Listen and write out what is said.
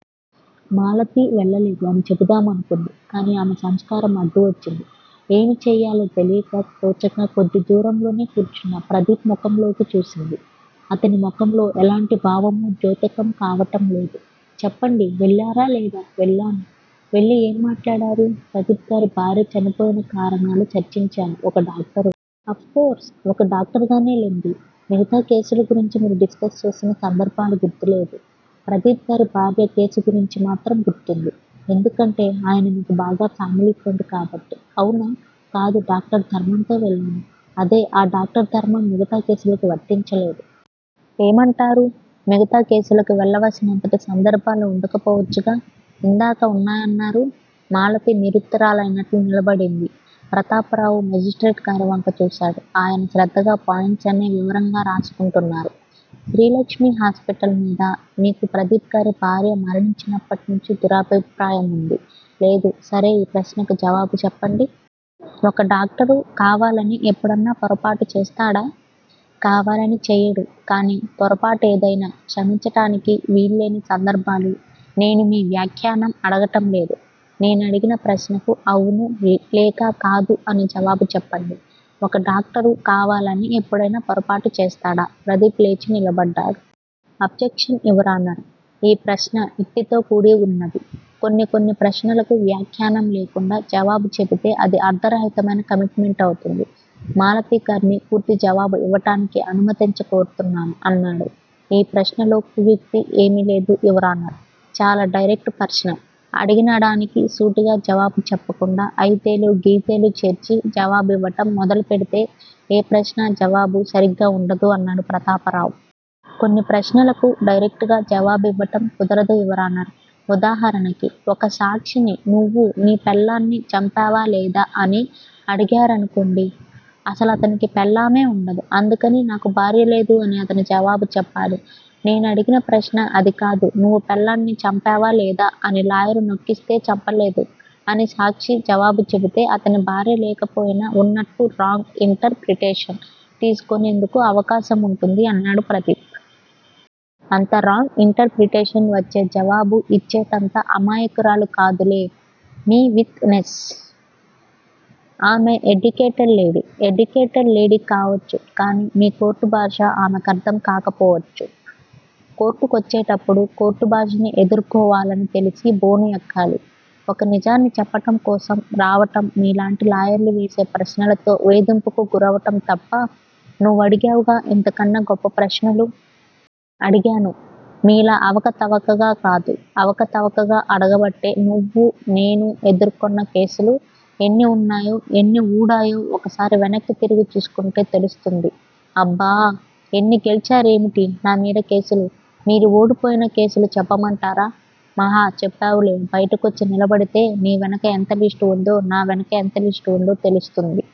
మాలతి 'వెళ్ళలేదు' అని చెబుదామనుకుంది. కాని ఆమె సంస్కారం అడ్డువచ్చింది. ఏమి చెయ్యాలో తోచక కొద్దిదూరంలోనే కూర్చున్న ప్రదీప్ ముఖంలోకి చూసింది. అతని ముఖంలో ఎలాంటి భావమూ ద్యోతకం కావటంలేదు. చెప్పండి. వెళ్ళారా లేదా? వెళ్ళాను. వెళ్ళి ఏం మాట్లాడారు? ప్రదీప్ గారి భార్య చనిపోయిన కారణాలు చర్చించాను ఒక డాక్టరుగా. అఫ్ కోర్స్ ఒక డాక్టరుగానే లెండి. మిగతా కేసులుగురించి మీరు డిస్కస్ చేసిన సందర్భాలు గుర్తులేదు. ప్రదీప్ గారి భార్య కేసుగురించి మాత్రం గుర్తుంది. ఎందుకంటే ఆయన మీకు బాగా ఫామిలీఫ్రెండ్ కాబట్టి అవునా? కాదు డాక్టర్ ధర్మంతో వెళ్ళాను. అదే ఆ డాక్టరు ధర్మం మిగతా కేసులకి వర్తించలేదు. ఏమంటారు? మిగతా కేసులకు వెళ్ళవలసినంతటి సందర్భాలు వుండకపోవచ్చుగా! ఇందాక వున్నాయన్నారు? మాలతి నిరుత్తరురాలైనట్లు నిలబడింది. ప్రతాపరావు మేజిస్ట్రేట్ గారి వంక చూశాడు. ఆయన శ్రద్దగా పాయింట్సన్నీ వివరంగా రాసుకుంటున్నారు. శ్రీలక్ష్మి హాస్పిటల్ మీద మీకు ప్రదీప్ గారి భార్య మరణించినప్పట్నుంచి దురభిప్రాయముంది? లేదు. సరే యీ ప్రశ్నకు జవాబుచెప్పండి. ఒక డాక్టరు కావాలని ఎప్పుడన్నా పొరపాటు చేస్తాడా? కావాలని చెయ్యడు కాని పొరపాటేదైనా క్షమించటానికి వీల్లేని సందర్భాలు నేను మీ వ్యాఖ్యానం అడగటంలేదు. నేనడిగిన ప్రశ్నకు 'అవును' లేక 'కాదు' అని జవాబు చెప్పండి. ఒక డాక్టరు కావాలని ఎప్పుడైనా పొరపాటు చేస్తాడా? ప్రదీప్ లేచి నిలబడ్డాడు. Objection your honour! ఈ ప్రశ్న యుక్తితో కూడివున్నది. కొన్ని కొన్ని ప్రశ్నలకు వ్యాఖ్యానం లేకుండా జవాబు చెబితే అది అర్ధరహితమైన కమిట్ మెంట్ అవుతుంది. మాలతిగార్ని పూర్తి జవాబు యివ్వటానికి అనుమతించ కోరుతున్నాను అన్నాడు. ఈ ప్రశ్నలో కుయుక్తి ఏమీ లేదు యువరానర్! చాలా డైరెక్టు ప్రశ్న అడిగినడానికి సూటిగా జవాబు చెప్పకుండా అయితేలూ, గియితేలూ చేర్చి జవాబివ్వటం మొదలుపెడితే ఏ ప్రశ్నా-జవాబు సరిగ్గా వుండదు అన్నాడు ప్రతాపరావు. కొని ప్రశ్నలకు డైరెక్టుగా జవాబివ్వటం కుదరదు యువరానర్! ఉదాహరణకి ఒక సాక్షిని 'నువ్వు నీ పెళ్ళాన్ని చంపావా లేదా? ' అని అడిగారనుకోండి. అసలతనికి పెళ్ళామే వుండదు. అందుకని 'నాకు భార్యలేదు' అని అతను జవాబుచెప్పాలి. 'నేనడిగిన ప్రశ్న అదికాదు నువ్వు పెళ్ళాన్ని చంపావా లేదా' అని లాయరు నొక్కిస్తే 'చంపలేదు' అని సాక్షి జవాబు చెబితే అతని భార్య లేకపోయినా వున్నట్లు రాంగ్ యింటర్ ప్రిటేషన్ తీసుకునేందుకు అవకాశముంటుంది అన్నాడు ప్రదీప్. అంత రాంగ్ యింటర్ ప్రిటేషన్ వచ్చే జవాబు యిచ్చేటంత అమాయకురాలు కాదులే మీ విట్ నెస్. ఆమె ఎడ్యుకేటెడ్ లేడీ. ఎడ్యుకేటెడ్ లేడీ కావచ్చు. కాని మీ కోర్టు భాష ఆమెకర్ధం కాకపోవచ్చు. కోర్టుకొచ్చేటప్పుడు కోర్టుభాషని ఎదుర్కోవాలని తెలిసి బోను ఎక్కాలి. ఒక నిజాన్ని చెప్పటంకోసం రావటం మీలాంటి లాయర్లు వేసే ప్రశ్నలతో వేధింపుకు గురవటంతప్ప నువ్వడిగావుగా యింతకన్నా గొప్ప ప్రశ్నలు. అడిగాను మీలా అవకతవకగా కాదు. అవకతవకగా అడగబట్టే నువ్వూ, నేనూ, ఎదుర్కొన్న కేసులు ఎన్ని వున్నాయో ఎన్ని ఊడాయో ఒకసారి వెనక్కి తిరిగి చూసుకుంటే తెలుస్తుంది. అబ్బా! ఎన్ని గెల్చారేమిటి నా మీద కేసులు? మీరు ఓడిపోయిన కేసులు చెప్పమంటారా? మహా చెప్పావులే. బయటికొచ్చి నిలబడితే నీ వెనక ఎంత లిస్ట్ వుందో నా వెనక ఎంత లిస్ట్ వుందో తెలుస్తుంది.